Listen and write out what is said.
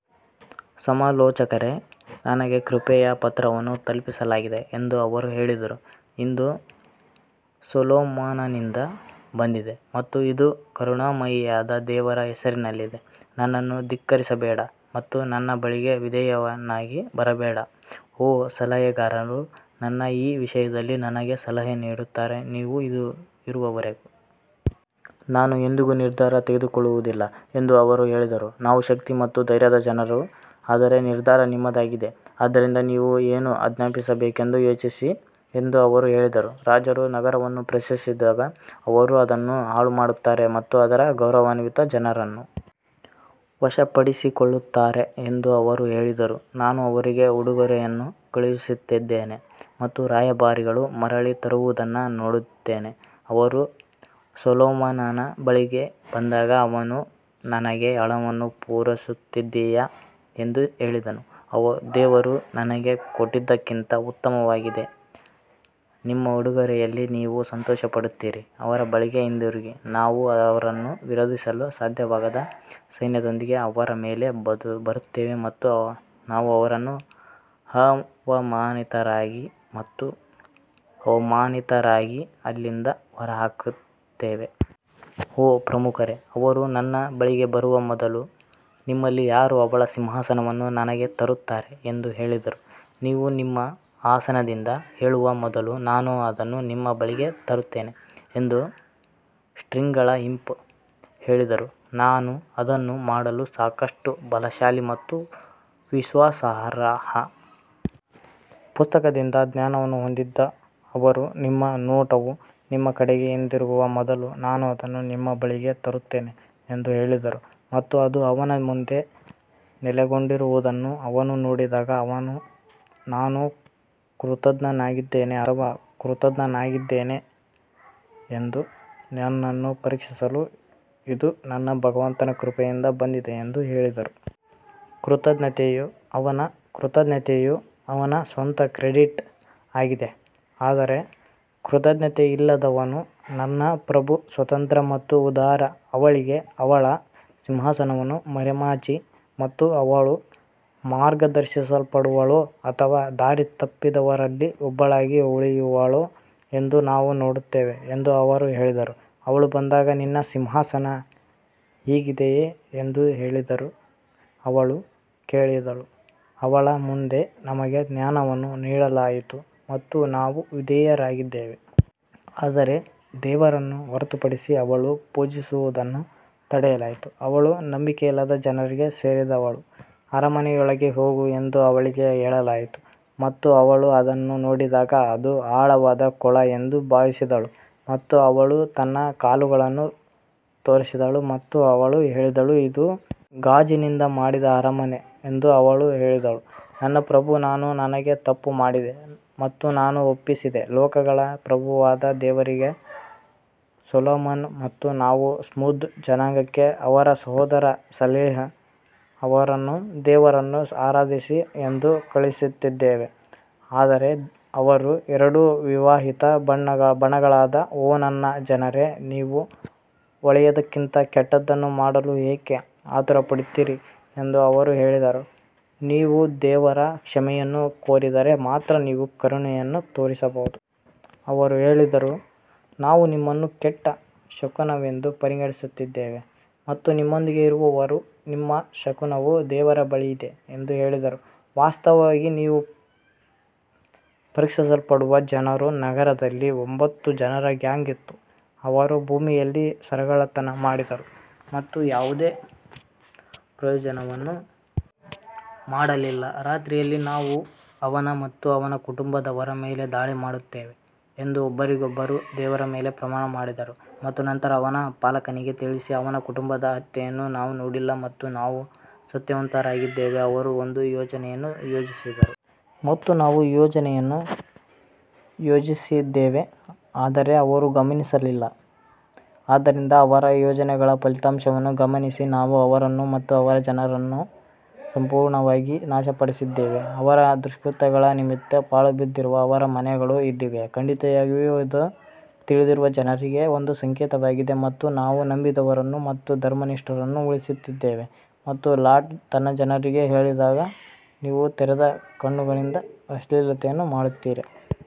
ಸಮಾಲೋಚಕರೇ ನನಗೆ ಕೃಪೆಯ ಪತ್ರವನ್ನು ತಲುಪಿಸಲಾಗಿದೆ ಎಂದು ಅವರು ಹೇಳಿದರು ಇದು ಸೊಲೊಮೋನನಿಂದ ಬಂದಿದೆ ಮತ್ತು ಇದು ಕರುಣಾಮಯಿಯಾದ ದೇವರ ಹೆಸರಿನಲ್ಲಿದೆ ನನ್ನನ್ನು ಧಿಕ್ಕರಿಸಬೇಡ ಮತ್ತು ನನ್ನ ಬಳಿಗೆ ವಿಧೇಯನಾಗಿ ಬರಬೇಡ ಓ ಸಲಹೆಗಾರರು ನನ್ನ ಈ ವಿಷಯದಲ್ಲಿ ನನಗೆ ಸಲಹೆ ನೀಡುತ್ತಾರೆ, ನೀವು ಇರುವವರೆಗೆ ನಾನು ಎಂದಿಗೂ ನಿರ್ಧಾರ ತೆಗೆದುಕೊಳ್ಳುವುದಿಲ್ಲ ಎಂದು ಅವರು ಹೇಳಿದರು ನಾವು ಶಕ್ತಿ ಮತ್ತು ಧೈರ್ಯದ ಜನರು ಆದರೆ ನಿರ್ಧಾರ ನಿಮ್ಮದಾಗಿದೆ ಆದ್ದರಿಂದ ನೀವು ಏನು ಆಜ್ಞಾಪಿಸಬೇಕೆಂದು ಯೋಚಿಸಿ ಎಂದು ಅವರು ಹೇಳಿದರು ರಾಜರು ನಗರವನ್ನು ಪ್ರವೇಶಿಸಿದಾಗ ಅವರು ಅದನ್ನು ಹಾಳುಮಾಡುತ್ತಾರೆ ಮತ್ತು ಅದರ ಗೌರವಾನ್ವಿತ ಜನರನ್ನು ವಶಪಡಿಸಿಕೊಳ್ಳುತ್ತಾರೆ ಎಂದು ಅವರು ಹೇಳಿದರು ನಾನು ಅವರಿಗೆ ಉಡುಗೊರೆಯನ್ನು ಕಳುಹಿಸುತ್ತಿದ್ದೇನೆ ಮತ್ತು ರಾಯಭಾರಿಗಳು ಮರಳಿ ತರುವುದನ್ನು ನೋಡುತ್ತೇನೆ ಅವನು ಸೊಲೊಮೋನನ ಬಳಿಗೆ ಬಂದಾಗ ಅವನು ನನಗೆ ಹಣವನ್ನು ಪೂರೈಸುತ್ತೀಯಾ ಎಂದು ಹೇಳಿದನು, ದೇವರು ನನಗೆ ಕೊಟ್ಟದ್ದಕ್ಕಿಂತ ಉತ್ತಮವಾಗಿದೆ, ನಿಮ್ಮ ಉಡುಗೊರೆಯಲ್ಲಿ ನೀವು ಸಂತೋಷಪಡುತ್ತೀರಿ ಅವರ ಬಳಿಗೆ ಹಿಂತಿರುಗಿ ನಾವು ಅವರನ್ನು ವಿರೋಧಿಸಲು ಸಾಧ್ಯವಾಗದ ಸೈನ್ಯದೊಂದಿಗೆ ಅವರ ಮೇಲೆ ಬರುತ್ತೇವೆ ಮತ್ತು ನಾವು ಅವರನ್ನು ಅವಮಾನಿತರಾಗಿ ಮತ್ತು ಅವಮಾನಿತರಾಗಿ ಅಲ್ಲಿಂದ ಹೊರಹಾಕುತ್ತೇವೆ. ಓ ಪ್ರಮುಖರೇ, ಅವರು ನನ್ನ ಬಳಿಗೆ ಬರುವ ಮೊದಲು ನಿಮ್ಮಲ್ಲಿ ಯಾರು ಅವಳ ಸಿಂಹಾಸನವನ್ನು ನನಗೆ ತರುತ್ತಾರೆ ಎಂದು ಹೇಳಿದರು ನೀವು ನಿಮ್ಮ ಆಸನದಿಂದ ಏಳುವ ಮೊದಲು ನಾನು ಅದನ್ನು ನಿಮ್ಮ ಬಳಿಗೆ ತರುತ್ತೇನೆ ಎಂದು ಸ್ಪ್ರಿಟ್ಗಳ ಇಂಪ್ ಹೇಳಿದರು ನಾನು ಅದನ್ನು ಮಾಡಲು ಸಾಕಷ್ಟು ಬಲಶಾಲಿ ಮತ್ತು ವಿಶ್ವಾಸಾರ್ಹ. ಪುಸ್ತಕದಿಂದ ಜ್ಞಾನವನ್ನು ಹೊಂದಿದ್ದ ಅವರು ನಿಮ್ಮ ನೋಟವು ನಿಮ್ಮ ಕಡೆಗೆ ಹಿಂದಿರುಗುವ ಮೊದಲು ನಾನು ಅದನ್ನು ನಿಮ್ಮ ಬಳಿಗೆ ತರುತ್ತೇನೆ ಎಂದು ಹೇಳಿದರು ಮತ್ತು ಅದು ಅವನ ಮುಂದೆ ನೆಲೆಗೊಂಡಿರುವುದನ್ನು ಅವನು ನೋಡಿದಾಗ ಅವನು ನಾನು ಕೃತಜ್ಞನಾಗಿದ್ದೇನೆ ಅಥವಾ ಕೃತಜ್ಞನಾಗಿದ್ದೇನೆ ಎಂದು ನನ್ನನ್ನು ಪರೀಕ್ಷಿಸಲು ಇದು ನನ್ನ ಭಗವಂತನ ಕೃಪೆಯಿಂದ ಬಂದಿದೆ ಎಂದು ಹೇಳಿದರು. ಕೃತಜ್ಞತೆಯು ಅವನ ಕೃತಜ್ಞತೆಯು ಅವನ ಸ್ವಂತ ಕ್ರೆಡಿಟ್ ಆಗಿದೆ ಆದರೆ ಕೃತಜ್ಞತೆಯಿಲ್ಲದವನು ನನ್ನ ಪ್ರಭು ಸ್ವತಂತ್ರ ಮತ್ತು ಉದಾರ ಅವಳಿಗೆ ಅವಳ ಸಿಂಹಾಸನವನ್ನು ಮರೆಮಾಚಿ ಮತ್ತು ಅವಳು ಮಾರ್ಗದರ್ಶಿಸಲ್ಪಡುವಳೋ ಅಥವಾ ದಾರಿತಪ್ಪಿದವರಲ್ಲಿ ಒಬ್ಬಳಾಗಿ ಉಳಿಯುವಳೋ ಎಂದು ನಾವು ನೋಡುತ್ತೇವೆ ಎಂದು ಅವರು ಹೇಳಿದರು. ಅವಳು ಬಂದಾಗ, ನಿನ್ನ ಸಿಂಹಾಸನ ಹೀಗಿದೆಯೇ ಎಂದು ಕೇಳಿದಳು, ಅವಳು ಹೇಳಿದಳು, ಅವಳ ಮುಂದೆ ನಮಗೆ ಜ್ಞಾನವನ್ನು ನೀಡಲಾಯಿತು ಮತ್ತು ನಾವು ವಿಧೇಯರಾಗಿದ್ದೇವೆ. ಆದರೆ ದೇವರನ್ನು ಹೊರತುಪಡಿಸಿ ಅವಳು ಪೂಜಿಸುವುದನ್ನು ತಡೆಯಲಾಯಿತು, ಅವಳು ನಂಬಿಕೆಯಿಲ್ಲದ ಜನರಿಗೆ ಸೇರಿದವಳು ಅರಮನೆಯೊಳಗೆ ಹೋಗು ಎಂದು ಅವಳಿಗೆ ಹೇಳಲಾಯಿತು ಮತ್ತು ಅವಳು ಅದನ್ನು ನೋಡಿದಾಗ ಅದು ಆಳವಾದ ಕೊಳ ಎಂದು ಭಾವಿಸಿದಳು ಮತ್ತು ಅವಳು ತನ್ನ ಕಾಲುಗಳನ್ನು ತೋರಿಸಿದಳು ಮತ್ತು ಅವನು ಹೇಳಿದನು ಇದು ಗಾಜಿನಿಂದ ಮಾಡಿದ ಅರಮನೆ ಎಂದು ಅವಳು ಹೇಳಿದಳು ನನ್ನ ಪ್ರಭು ನಾನು ನನಗೆ ತಪ್ಪು ಮಾಡಿದೆ ಮತ್ತು ನಾನು ಒಪ್ಪಿಸಿದೆ ಲೋಕಗಳ ಪ್ರಭುವಾದ ದೇವರಿಗೆ ಸೊಲೊಮನ್ ಮತ್ತು ನಾವು ಸ್ಮೂದ್ ಜನಾಂಗಕ್ಕೆ ಅವರ ಸಹೋದರ ಸಲೇಹ್ ಅವರನ್ನು ದೇವರನ್ನು ಆರಾಧಿಸಿ ಎಂದು ಕಳುಹಿಸಿದ್ದೇವೆ ಆದರೆ ಅವರು ಎರಡು ವಿವಾದಿತ ಬಣಗಳಾದರು ಓ ನನ್ನ ಜನರೇ ನೀವು ಒಳ್ಳೆಯದಕ್ಕಿಂತ ಕೆಟ್ಟದ್ದನ್ನು ಮಾಡಲು ಏಕೆ ಆತುರಪಡುತ್ತೀರಿ ಎಂದು ಅವರು ಹೇಳಿದರು, ನೀವು ದೇವರ ಕ್ಷಮೆಯನ್ನು ಕೋರಿದರೆ ಮಾತ್ರ ನೀವು ಕರುಣೆಯನ್ನು ತೋರಿಸಬಹುದು. ಅವರು ಹೇಳಿದರು ನಾವು ನಿಮ್ಮನ್ನು ಕೆಟ್ಟ ಶಕುನವೆಂದು ಪರಿಗಣಿಸುತ್ತೇವೆ ಮತ್ತು ನಿಮ್ಮೊಂದಿಗೆ ಇರುವವರು ನಿಮ್ಮ ಶಕುನವು ದೇವರ ಬಳಿ ಇದೆ ಎಂದು ಹೇಳಿದರು ವಾಸ್ತವವಾಗಿ ನೀವು ಪರೀಕ್ಷಿಸಲ್ಪಡುವ ಜನರು ನಗರದಲ್ಲಿ ಒಂಬತ್ತು ಜನರ ಗ್ಯಾಂಗ್ ಇತ್ತು, ಅವರು ಭೂಮಿಯಲ್ಲಿ ಸರಗಳ್ಳತನ ಮಾಡಿದರು ಮತ್ತು ಯಾವುದೇ ಪ್ರಯೋಜನವನ್ನು ಮಾಡಲಿಲ್ಲ ರಾತ್ರಿಯಲ್ಲಿ ನಾವು ಅವನ ಮತ್ತು ಅವನ ಕುಟುಂಬದವರ ಮೇಲೆ ದಾಳಿ ಮಾಡುತ್ತೇವೆ ಎಂದು ಒಬ್ಬರಿಗೊಬ್ಬರು ದೇವರ ಮೇಲೆ ಪ್ರಮಾಣ ಮಾಡಿದರು ಮತ್ತು ನಂತರ ಅವನ ಪಾಲಕನಿಗೆ ತಿಳಿಸಿ ಅವನ ಕುಟುಂಬದ ಹತ್ಯೆಯನ್ನು ನಾವು ನೋಡಿಲ್ಲ ಮತ್ತು ನಾವು ಸತ್ಯವಂತರಾಗಿದ್ದೇವೆ ಅವರು ಒಂದು ಯೋಜನೆಯನ್ನು ಯೋಜಿಸಿದರು ಮತ್ತು ನಾವು ಯೋಜನೆಯನ್ನು ಯೋಜಿಸಿದ್ದೇವೆ ಆದರೆ ಅವರು ಗಮನಿಸಲಿಲ್ಲ ಆದ್ದರಿಂದ ಅವರ ಯೋಜನೆಗಳ ಫಲಿತಾಂಶವನ್ನು ಗಮನಿಸಿ ನಾವು ಅವರನ್ನು ಮತ್ತು ಅವರ ಜನರನ್ನು ಸಂಪೂರ್ಣವಾಗಿ ನಾಶಪಡಿಸಿದ್ದೇವೆ ಅವರ ದುಷ್ಕೃತ್ಯಗಳ ನಿಮಿತ್ತ ಪಾಳುಬಿದ್ದಿರುವ ಅವರ ಮನೆಗಳು ಇಲ್ಲಿವೆ, ಖಂಡಿತವಾಗಿಯೂ ಇದು ತಿಳಿದಿರುವ ಜನರಿಗೆ ಒಂದು ಸಂಕೇತವಾಗಿದೆ ಮತ್ತು ನಾವು ನಂಬಿದವರನ್ನು ಮತ್ತು ಧರ್ಮನಿಷ್ಠರನ್ನು ಉಳಿಸಿದ್ದೇವೆ ಮತ್ತು ಲಾಟ್ ತನ್ನ ಜನರಿಗೆ ಹೇಳಿದಾಗ ನೀವು ತೆರೆದ ಕಣ್ಣುಗಳಿಂದ ಅಶ್ಲೀಲತೆಯನ್ನು ಮಾಡುತ್ತೀರಾ.